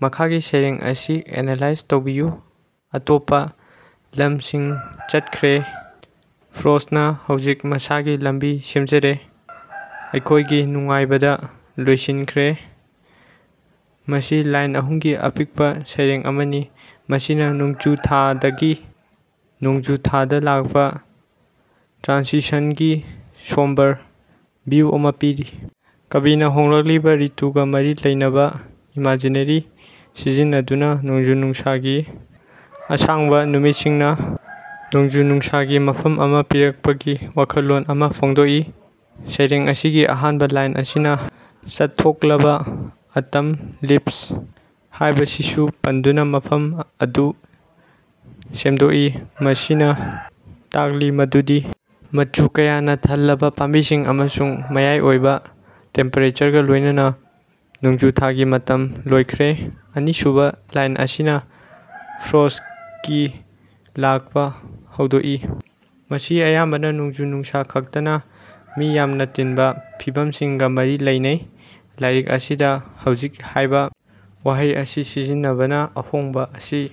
ꯃꯈꯥꯒꯤ ꯁꯩꯔꯦꯡ ꯑꯁꯤ ꯑꯦꯅꯥꯂꯥꯏꯖ ꯇꯧꯕꯤꯌꯨ "ꯑꯇꯣꯞꯄ ꯂꯝꯁꯤꯡ ꯆꯠꯈ꯭ꯔꯦ ꯐ꯭ꯔꯣꯁꯇꯅ ꯍꯧꯖꯤꯛ ꯃꯁꯥꯒꯤ ꯂꯝꯕꯤ ꯁꯦꯝꯖꯔꯦ ꯑꯩꯈꯣꯏꯒꯤ ꯅꯨꯡꯉꯥꯏꯕꯗ ꯂꯣꯏꯁꯤꯟꯈ꯭ꯔꯦ꯫" ꯃꯁꯤ ꯂꯥꯏꯟ ꯑꯍꯨꯝꯒꯤ ꯑꯄꯤꯛꯄ ꯁꯩꯔꯦꯡ ꯑꯃꯅꯤ, ꯃꯁꯤꯅ ꯅꯣꯡꯖꯨ ꯊꯥꯗꯒꯤ ꯅꯣꯡꯖꯨ ꯊꯥꯗ ꯂꯥꯛꯄ ꯇ꯭ꯔꯥꯟꯁꯤꯁꯟꯒꯤ ꯁꯣꯝꯕꯔ ꯚꯤꯎ ꯑꯃ ꯄꯤꯔꯤ꯫ ꯀꯕꯤꯅ ꯍꯣꯡꯂꯛꯂꯤꯕ ꯔꯤꯇꯨꯒꯥ ꯃꯔꯤ ꯂꯩꯅꯕ ꯏꯃꯖꯤꯅꯦꯔꯤ ꯁꯤꯖꯤꯟꯅꯗꯨꯅ ꯅꯣꯡꯖꯨ-ꯅꯨꯡꯁꯥꯒꯤ ꯑꯁꯥꯡꯕ ꯅꯨꯃꯤꯠꯁꯤꯡꯅ ꯅꯣꯡꯖꯨ-ꯅꯨꯡꯁꯥꯒꯤ ꯃꯐꯝ ꯑꯃ ꯄꯤꯔꯛꯄꯒꯤ ꯋꯥꯈꯜꯂꯣꯟ ꯑꯃ ꯐꯣꯡꯗꯣꯛꯏ꯫ ꯁꯩꯔꯦꯡ ꯑꯁꯤꯒꯤ ꯑꯍꯥꯟꯕ ꯂꯥꯏꯟ ꯑꯁꯤꯅ "ꯆꯠꯊꯣꯛꯂꯕ" "ꯑꯇꯝ ꯂꯤꯞꯁ" ꯍꯥꯏꯕꯁꯤꯕꯨ ꯄꯟꯗꯨꯅ ꯃꯐꯝ ꯑꯗꯨ ꯁꯦꯝꯗꯣꯛꯏ꯫ ꯃꯁꯤꯅ ꯇꯥꯛꯂꯤ ꯃꯗꯨꯗꯤ ꯃꯆꯨ ꯀꯌꯥꯅꯥ ꯊꯜꯂꯕꯥ ꯄꯥꯝꯕꯤꯁꯤꯡ ꯑꯃꯁꯨꯡ ꯃꯌꯥꯏ ꯑꯣꯏꯕ ꯇꯦꯝꯄꯦꯔꯦꯆꯔꯒ ꯂꯣꯏꯅꯅ ꯅꯣꯡꯖꯨ ꯊꯥꯒꯤ ꯃꯇꯝ ꯂꯣꯏꯈ꯭ꯔꯦ꯫ ꯑꯅꯤꯁꯨꯕ ꯂꯥꯏꯟ ꯑꯁꯤꯅ ꯐ꯭ꯔꯣꯁꯇꯀꯤ ꯂꯥꯛꯄ ꯍꯧꯗꯣꯛꯏ꯫ ꯃꯁꯤ ꯑꯌꯥꯝꯕꯅ ꯅꯣꯡꯖꯨ-ꯅꯨꯡꯁꯥ ꯈꯛꯇꯅ, ꯃꯤ ꯌꯥꯝꯅ ꯇꯤꯟꯕ ꯐꯤꯚꯝꯁꯤꯡꯒ ꯃꯔꯤ ꯂꯩꯅꯩ꯫ ꯂꯥꯏꯔꯤꯛ ꯑꯁꯤꯗ "ꯍꯧꯖꯤꯛ" ꯍꯥꯏꯕ ꯋꯥꯍꯩ ꯑꯁꯤ ꯁꯤꯖꯤꯟꯅꯕꯅ ꯑꯍꯣꯡꯕ ꯑꯁꯤ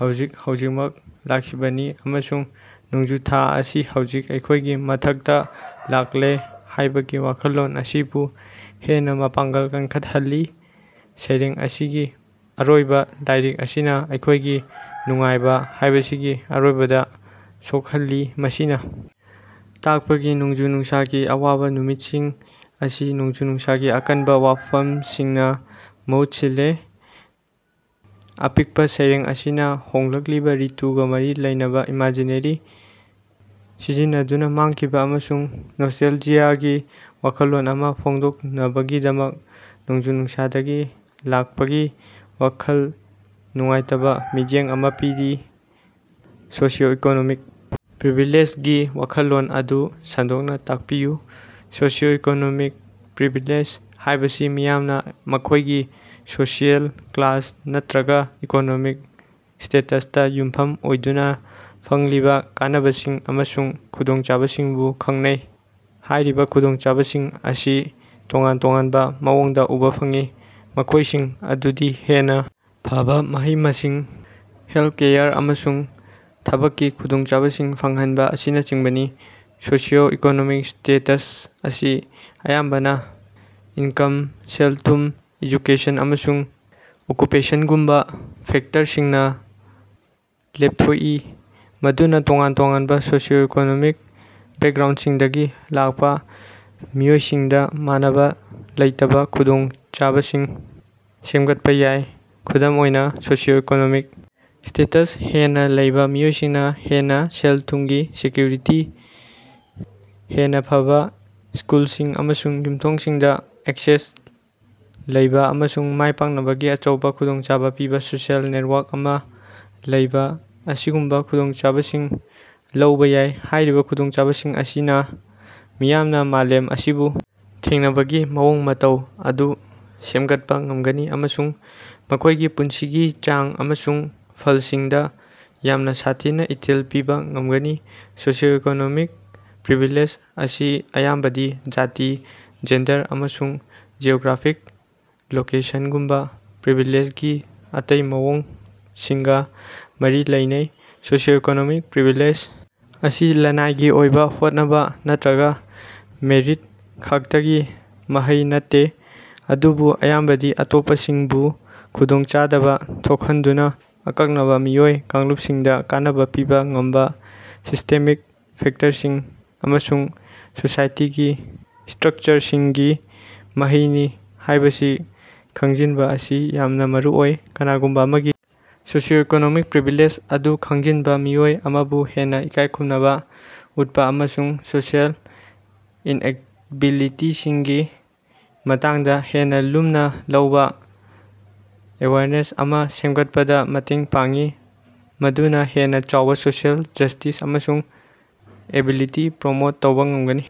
ꯍꯧꯖꯤꯛ ꯍꯧꯖꯤꯛꯃꯛ ꯂꯥꯛꯈꯤꯕꯅꯤ, ꯑꯃꯁꯨꯡ ꯅꯣꯡꯖꯨ ꯊꯥ ꯑꯁꯤ ꯍꯧꯖꯤꯛ ꯑꯩꯈꯣꯏꯒꯤ ꯃꯊꯛꯇꯥ ꯂꯥꯛꯂꯦ ꯍꯥꯏꯕꯒꯤ ꯋꯥꯈꯜꯂꯣꯟ ꯑꯁꯤꯕꯨ ꯍꯦꯟꯅ ꯃꯄꯥꯡꯒꯜ ꯀꯟꯈꯠꯍꯜꯂꯤ꯫ ꯁꯩꯔꯦꯡ ꯑꯁꯤꯒꯤ ꯑꯔꯣꯏꯕ ꯂꯥꯏꯔꯤꯛ ꯑꯁꯤꯅ "ꯑꯩꯈꯣꯏꯒꯤ ꯅꯨꯡꯉꯥꯏꯕ" ꯍꯥꯏꯕꯁꯤꯒꯤ ꯑꯔꯣꯏꯕꯗ ꯁꯣꯛꯍꯜꯂꯤ, ꯃꯁꯤꯅꯥ ꯇꯥꯛꯄꯗꯤ ꯅꯣꯡꯖꯨ-ꯅꯨꯡꯁꯥꯒꯤ ꯑꯋꯥꯕ ꯅꯨꯃꯤꯠꯁꯤꯡ ꯑꯁꯤ ꯅꯣꯡꯖꯨ-ꯅꯨꯡꯁꯥꯒꯤ ꯑꯀꯟꯕ ꯋꯥꯐꯝꯁꯤꯡꯅ ꯃꯍꯨꯠ ꯁꯤꯜꯂꯦ꯫ ꯑꯄꯤꯀꯄꯥ ꯁꯩꯔꯦꯡ ꯑꯁꯤꯅ ꯍꯣꯡꯂꯛꯂꯤꯕ ꯔꯤꯇꯨꯒꯥ ꯃꯔꯤ ꯂꯩꯅꯕ ꯏꯃꯦꯖꯤꯅꯦꯔꯤ ꯁꯤꯖꯤꯟꯅꯗꯨꯅ ꯃꯥꯡꯈꯤꯕ ꯑꯃꯁꯨꯡ ꯅꯣꯁꯇꯦꯜꯖꯤꯌꯥꯒꯤ ꯋꯥꯈꯜꯂꯣꯟ ꯑꯃ ꯐꯣꯡꯗꯣꯛꯅꯕꯒꯤꯗꯃꯛ, ꯅꯣꯡꯖꯨ-ꯅꯨꯡꯁꯥꯗꯒꯤ ꯂꯥꯛꯄꯒꯤ ꯋꯥꯈꯜ ꯅꯨꯡꯉꯥꯏꯇꯕ ꯃꯤꯠꯌꯦꯡ ꯑꯃ ꯄꯤꯔꯤ꯫ ꯁꯣꯁꯤꯑꯣ-ꯏꯀꯣꯅꯣꯃꯤꯛ ꯄ꯭ꯔꯤꯚꯤꯂꯦꯖꯒꯤ ꯋꯥꯈꯜꯂꯣꯟ ꯑꯗꯨ ꯁꯟꯗꯣꯛꯅ ꯇꯥꯛꯄꯤꯌꯨ꯫ ꯁꯣꯁꯤꯑꯣ-ꯏꯀꯣꯅꯣꯃꯤꯛ ꯄ꯭ꯔꯤꯚꯤꯂꯦꯖ ꯍꯥꯏꯕꯁꯤ ꯃꯤꯌꯥꯝꯅ ꯃꯈꯣꯏꯒꯤ ꯁꯣꯁꯤꯑꯦꯜ ꯀ꯭ꯂꯥꯁ ꯅꯠꯇꯔꯒ ꯏꯀꯣꯅꯣꯃꯤꯛ ꯁ꯭ꯇꯦꯇꯁꯇ ꯌꯨꯝꯐꯝ ꯑꯣꯏꯗꯨꯅ ꯐꯪꯂꯤꯕ ꯀꯥꯟꯅꯕꯁꯤꯡ ꯑꯃꯁꯨꯡ ꯈꯨꯗꯣꯡꯆꯥꯕꯁꯤꯡꯕꯨ ꯈꯪꯅꯩ꯫ ꯍꯥꯏꯔꯤꯕ ꯈꯨꯗꯣꯡꯆꯥꯕꯁꯤꯡ ꯑꯁꯤ ꯇꯣꯉꯥꯟ ꯇꯣꯉꯥꯟꯕ ꯃꯑꯣꯡꯗ ꯎꯕ ꯐꯪꯏ꯫ ꯃꯈꯣꯏꯁꯤꯡ ꯑꯗꯨꯗꯤ ꯍꯦꯟꯅ ꯐꯕ ꯃꯍꯩ-ꯃꯁꯤꯡ, ꯍꯦꯜꯀꯦꯌꯔ, ꯑꯃꯁꯨꯡ ꯊꯕꯛꯀꯤ ꯈꯨꯗꯣꯡꯆꯥꯕꯁꯤꯡ ꯐꯪꯍꯟꯕ ꯑꯁꯤꯅꯆꯤꯡꯕꯅꯤ꯫ ꯁꯣꯁꯤꯑꯣ-ꯏꯀꯣꯅꯣꯃꯤꯛ ꯁ꯭ꯇꯦꯇꯁ ꯑꯁꯤ ꯑꯌꯥꯝꯕꯅ ꯏꯟꯀꯝ, ꯁꯦꯜ-ꯊꯨꯝ, ꯑꯦꯖꯨꯀꯦꯁꯟ, ꯑꯃꯁꯨꯡ ꯑꯣꯛꯀꯨꯄꯦꯁꯟꯒꯨꯝꯕ ꯐꯦꯛꯇꯔꯁꯤꯡꯅꯥ ꯂꯦꯄꯊꯣꯛꯏ꯫ ꯃꯗꯨꯅꯥ ꯇꯣꯉꯥꯟ-ꯇꯣꯉꯥꯟꯕ ꯁꯣꯁꯤꯑꯣ-ꯏꯀꯣꯅꯣꯃꯤꯛ ꯕꯦꯛꯒ꯭ꯔꯥꯎꯁꯤꯡꯗꯒꯤ ꯂꯥꯛꯄ ꯃꯤꯑꯣꯏꯁꯤꯡꯗ ꯃꯥꯟꯅꯕꯥ ꯂꯩꯇꯕ ꯈꯨꯗꯣꯡꯆꯥꯕꯁꯤꯡ ꯁꯦꯝꯒꯠꯄ ꯌꯥꯏ꯫ ꯈꯨꯗꯝ ꯑꯣꯏꯅ, ꯁꯣꯁꯤꯑꯣ-ꯏꯀꯣꯅꯣꯃꯤꯛ ꯁ꯭ꯇꯦꯇꯁ ꯍꯦꯟꯅ ꯂꯩꯕ ꯃꯤꯑꯣꯏꯁꯤꯡꯅ ꯍꯦꯟꯅ ꯁꯦꯜ-ꯊꯨꯝꯒꯤ ꯁꯦꯛꯀꯨꯔꯤꯇꯤ, ꯍꯦꯟꯅ ꯐꯕꯥ ꯁ꯭ꯀꯨꯜꯁꯤꯡ ꯑꯃꯁꯨꯡ ꯌꯨꯝꯊꯣꯡꯁꯤꯡꯗ ꯑꯦꯛꯁꯦꯁ ꯂꯩꯕ, ꯑꯃꯁꯨꯡ ꯃꯥꯏꯄꯥꯛꯅꯕꯒꯤ ꯑꯆꯧꯕ ꯈꯨꯗꯣꯡꯆꯥꯕ ꯄꯤꯕ ꯁꯣꯁꯤꯑꯦꯜ ꯅꯦꯠꯋꯥꯔꯛ ꯑꯃ ꯂꯩꯕ ꯑꯁꯤꯒꯨꯝꯕ ꯈꯨꯗꯣꯡꯆꯥꯕꯁꯤꯡ ꯂꯧꯕ ꯌꯥꯏ꯫ ꯍꯥꯏꯔꯤꯕ ꯈꯨꯗꯣꯡꯆꯥꯕꯁꯤꯡ ꯑꯁꯤꯅꯥ ꯃꯤꯌꯥꯝꯅ ꯃꯥꯂꯦꯝ ꯑꯁꯤꯕꯨ ꯊꯦꯡꯅꯕꯒꯤ ꯃꯑꯣꯡ ꯃꯇꯧ ꯑꯗꯨ ꯁꯦꯝꯒꯠꯄ ꯉꯝꯒꯅꯤ ꯑꯃꯁꯨꯡ ꯃꯈꯣꯏꯒꯤ ꯄꯨꯟꯁꯤꯒꯤ ꯆꯥꯡ ꯑꯃꯁꯨꯡ ꯐꯜꯁꯤꯡꯗ ꯌꯥꯝꯅ ꯁꯥꯊꯤꯅ ꯏꯊꯤꯜ ꯄꯤꯕ ꯉꯝꯒꯅꯤ꯫ ꯁꯣꯁꯤꯑꯣ-ꯏꯀꯣꯅꯣꯃꯤꯛ ꯄ꯭ꯔꯤꯚꯤꯂꯦꯖ ꯑꯁꯤ ꯑꯌꯥꯝꯕꯗꯤ ꯖꯥꯇꯤ, ꯖꯦꯟꯗꯔ ꯑꯃꯁꯨꯡ ꯖꯤꯑꯣꯒ꯭ꯔꯥꯐꯤꯛ ꯂꯣꯀꯦꯁꯟꯒꯨꯝꯕ ꯄ꯭ꯔꯤꯚꯤꯂꯦꯖꯒꯤ ꯑꯇꯩ ꯃꯑꯣꯡꯁꯤꯡꯒ ꯃꯔꯤ ꯂꯩꯅꯩ꯫ ꯁꯣꯁꯤꯑꯣ-ꯏꯀꯣꯅꯣꯃꯤꯛ ꯄ꯭ꯔꯤꯚꯤꯂꯦꯖ ꯑꯁꯤ ꯂꯅꯥꯏꯒꯤ ꯑꯣꯏꯕ ꯍꯣꯠꯅꯕ ꯅꯠꯇꯔꯒ ꯃꯦꯔꯤꯠ ꯈꯛꯇꯒꯤ ꯃꯍꯩ ꯅꯠꯇꯦ, ꯑꯗꯨꯕꯨ ꯑꯌꯥꯝꯕꯗꯤ ꯑꯇꯣꯞꯄꯁꯤꯡꯕꯨ ꯈꯨꯗꯣꯡꯆꯥꯗꯕ ꯊꯣꯛꯍꯟꯗꯨꯅ ꯑꯀꯛꯅꯕ ꯃꯤꯑꯣꯏ ꯀꯥꯡꯂꯨꯞꯁꯤꯡꯗ ꯀꯥꯟꯅꯕ ꯄꯤꯕ ꯉꯝꯕ ꯁꯤꯁ꯭ꯇꯦꯃꯤꯛ ꯐꯦꯛꯇꯔꯁꯤꯡ ꯑꯃꯁꯨꯡ ꯁꯣꯁꯥꯏꯇꯤꯒꯤ ꯁ꯭ꯠꯔꯛꯆꯔꯁꯤꯡꯒꯤ ꯃꯍꯩꯅꯤ ꯍꯥꯏꯕꯁꯤ ꯈꯪꯖꯤꯟꯕ ꯑꯁꯤ ꯌꯥꯝꯅ ꯃꯔꯨꯑꯣꯏ꯫ ꯀꯅꯥꯒꯨꯝꯕ ꯑꯃꯒꯤ ꯁꯣꯁꯤꯑꯣ-ꯏꯀꯣꯅꯣꯃꯤꯛ ꯄ꯭ꯔꯤꯚꯤꯂꯦꯖ ꯑꯗꯨ ꯈꯪꯖꯤꯟꯕ ꯃꯤꯑꯣꯏ ꯑꯃꯕꯨ ꯍꯦꯟꯅ ꯏꯀꯥꯏ ꯈꯨꯝꯅꯕ ꯎꯠꯄ ꯑꯃꯁꯨꯡ ꯁꯣꯁꯤꯑꯦꯜ ꯏꯟꯑꯦꯛꯕꯦꯂꯤꯇꯤꯁꯤꯡꯒꯤ ꯃꯇꯥꯡꯗ ꯍꯦꯟꯅ ꯂꯨꯝꯅ ꯂꯧꯕ ꯑꯦꯋꯥꯔꯅꯦꯁ ꯑꯃ ꯁꯦꯝꯒꯠꯄꯗ ꯃꯇꯦꯡ ꯄꯥꯡꯏ, ꯃꯗꯨꯅ ꯍꯦꯟꯅ ꯆꯥꯎꯕ ꯁꯣꯁꯤꯑꯦꯜ ꯖꯁ꯭ꯇꯤꯁ ꯑꯃꯁꯨꯡ ꯏꯛꯕꯦꯂꯤꯇꯤ ꯄ꯭ꯔꯣꯃꯣꯠ ꯇꯧꯕ ꯉꯝꯒꯅꯤ꯫